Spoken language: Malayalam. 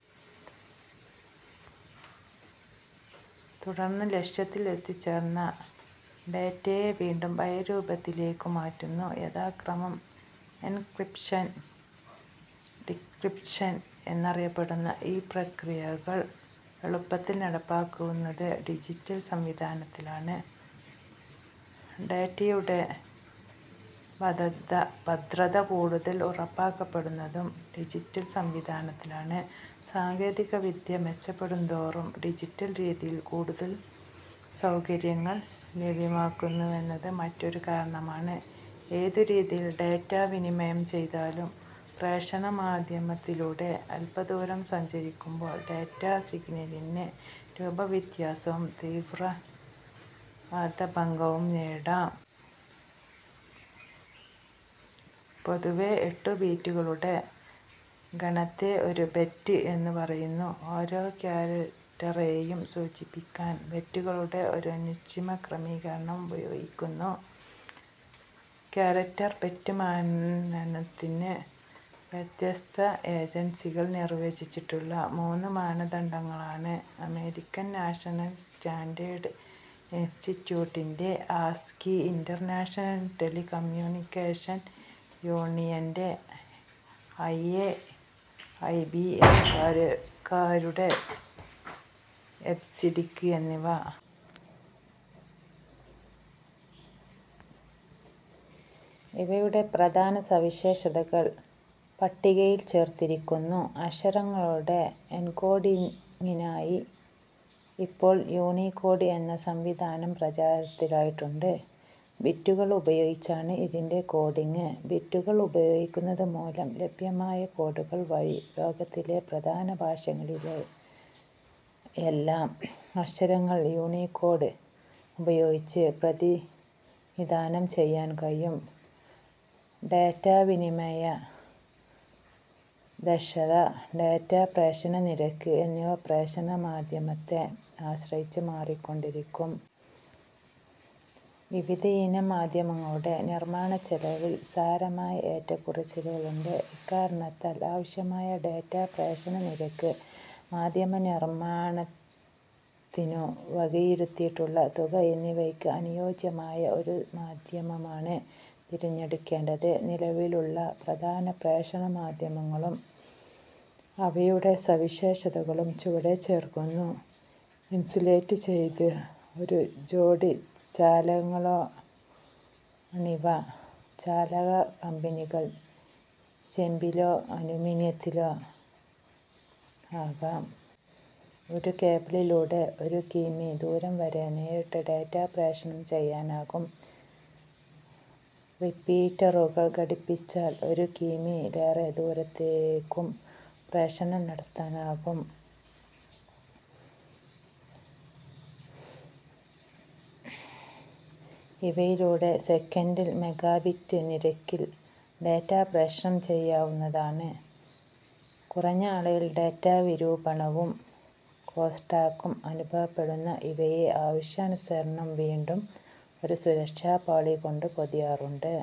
തുടർന്ന് ലക്ഷ്യത്തിൽ എത്തിച്ചേർന്ന ഡേറ്റയെ വീണ്ടും പഴയ രൂപത്തിലേക്കു മാറ്റുന്നു. യഥാക്രമം എൻക്രിപ്ഷൻ/ഡിക്രിപ്ഷൻ എന്നറിയപ്പെടുന്ന ഈ പ്രക്രിയകൾ എളുപ്പത്തിൽ നടപ്പാക്കാവുന്നത് ഡിജിറ്റൽ സംവിധാനത്തിലാണ്. ഡേറ്റയുടെ ബാധത ഭദ്രത കൂടുതൽ ഉറപ്പാക്കപ്പെടുന്നതും ഡിജിറ്റൽ സംവിധാനത്തിലാണ്. സാങ്കേതികവിദ്യ മെച്ചപ്പെടുന്തോറും ഡിജിറ്റൽ രീതിയിൽ കൂടുതൽ സൌകര്യങ്ങൾ ലഭ്യമാകുന്നുവെന്നത് മറ്റൊരു കാരണമാണ്. ഏതു രീതിയിൽ ഡേറ്റ വിനിമയം ചെയ്താലും പ്രേഷണ മാധ്യമത്തിലൂടെ അല്പദൂരം സഞ്ചരിക്കുമ്പോൾ ഡേറ്റാ സിഗ്നലിന് രൂപവ്യത്യാസവും തീവ്രതാഭംഗവും നേടാം. പൊതുവേ എട്ടു ബിറ്റുകളുടെ ഗണത്തെ ഒരു ബറ്റ് എന്നു പറയുന്നു. ഓരോ ക്യാരക് റ്ററേയും സൂചിപ്പിക്കാൻ ബറ്റുകളുടെ ഒരു നിശ്ചിമ ക്രമീകരണം ഉപയോഗിക്കുന്നു. ക്യാരക് റ്റർ ബറ്റ് മാനനത്തിന്, വ്യത്യസ്ത ഏജൻസികൾ നിർവചിച്ചിട്ടുള്ള മൂന്നു മാനദണ്ഡങ്ങളാണ് അമേരിക്കൻ നാഷണൽ സ്റ്റാൻഡേഡ് ഇൻസ്റ്റിറ്റ്യൂട്ടിന്റെ ആസ്കി, ഇന്റർനാഷണൽ ടെലിക്കമ്യൂണിക്കേഷൻ യൂണിയന്റെ ഐഎ, ഐബിഎം കാരുടെ എബ്സിഡിക് എന്നിവ. ഇവയുടെ പ്രധാന സവിശേഷതകൾ പട്ടികയിൽ ചേർത്തിരിക്കുന്നു. അക്ഷരങ്ങളുടെ എൻകോഡിങ്ങിനായി ഇപ്പോൾ യൂണികോഡ് എന്ന സംവിധാനം പ്രചാരത്തിലായിട്ടുണ്ട്. ബിറ്റുകൾ ഉപയോഗിച്ചാണ് ഇതിന്റെ കോഡിങ്. ബിറ്റുകൾ ഉപയോഗിക്കുന്നതുമൂലം ലഭ്യമായ കോഡുകൾ വഴി ലോകത്തിലെ പ്രധാന ഭാഷകളിലെയെല്ലാം അക്ഷരങ്ങൾ യൂണികോഡ് ഉപയോഗിച്ച് പ്രതിനിധാനം ചെയ്യാൻ കഴിയും. ഡേറ്റാ വിനിമയ ദക്ഷത, ഡേറ്റാ പ്രേഷണ നിരക്ക് എന്നിവ പ്രേഷണ മാധ്യമത്തെ ആശ്രയിച്ച് മാറിക്കൊണ്ടിരിക്കും. വിവിധയിനം മാധ്യമങ്ങളുടെ നിർമ്മാണച്ചെലവിൽ സാരമായ ഏറ്റക്കുറച്ചിലുകളുണ്ട്. ഇക്കാരണത്താൽ ആവശ്യമുള്ള ഡേറ്റാ പ്രേഷണ നിരക്ക്, മാധ്യമ നിർമ്മാണത്തിനു വകയിരുത്തിയിട്ടുള്ള തുക എന്നിവയ്ക്ക് അനുയോജ്യമായ ഒരു മാധ്യമമാണ് തിരഞ്ഞെടുക്കേണ്ടത്. നിലവിലുള്ള പ്രധാന പ്രേഷണ മാധ്യമങ്ങളും അവയുടെ സവിശേഷതകളും ചുവടെ ചേർക്കുന്നു. ഇൻസുലേറ്റ് ചെയ്ത ഒരു ജോഡി ചാലകങ്ങളാണിവ. ചാലക കമ്പികൾ ചെമ്പിലോ അലൂമിനിയത്തിലോ ആകാം. ഒരു കേബിളിലൂടെ ഒരു കി. മീ. ദൂരം വരെ നേരിട്ട് ഡേറ്റാ പ്രേഷണം ചെയ്യാനാകും. റിപ്പീറ്ററുകൾ ഘടിപ്പിച്ചാൽ ഒരു കി. മീ. -ലേറെ ദൂരത്തേക്കും പ്രേഷണം നടത്താനാകും. ഇവയിലൂടെ സെക്കൻഡിൽ മെഗാബിറ്റ് നിരക്കിൽ ഡേറ്റ പ്രേഷണം ചെയ്യാ വുന്നതാണ്. കുറഞ്ഞ അളവിൽ ഡേറ്റാ വിരൂപണവും ക്രോസ് ടാക്കും അനുഭവപ്പെടുന്ന ഇവയെ ആവശ്യാനുസരണം വീണ്ടും ഒരു സുരക്ഷാപാളികൊണ്ടു പൊതിയാറുണ്ട്.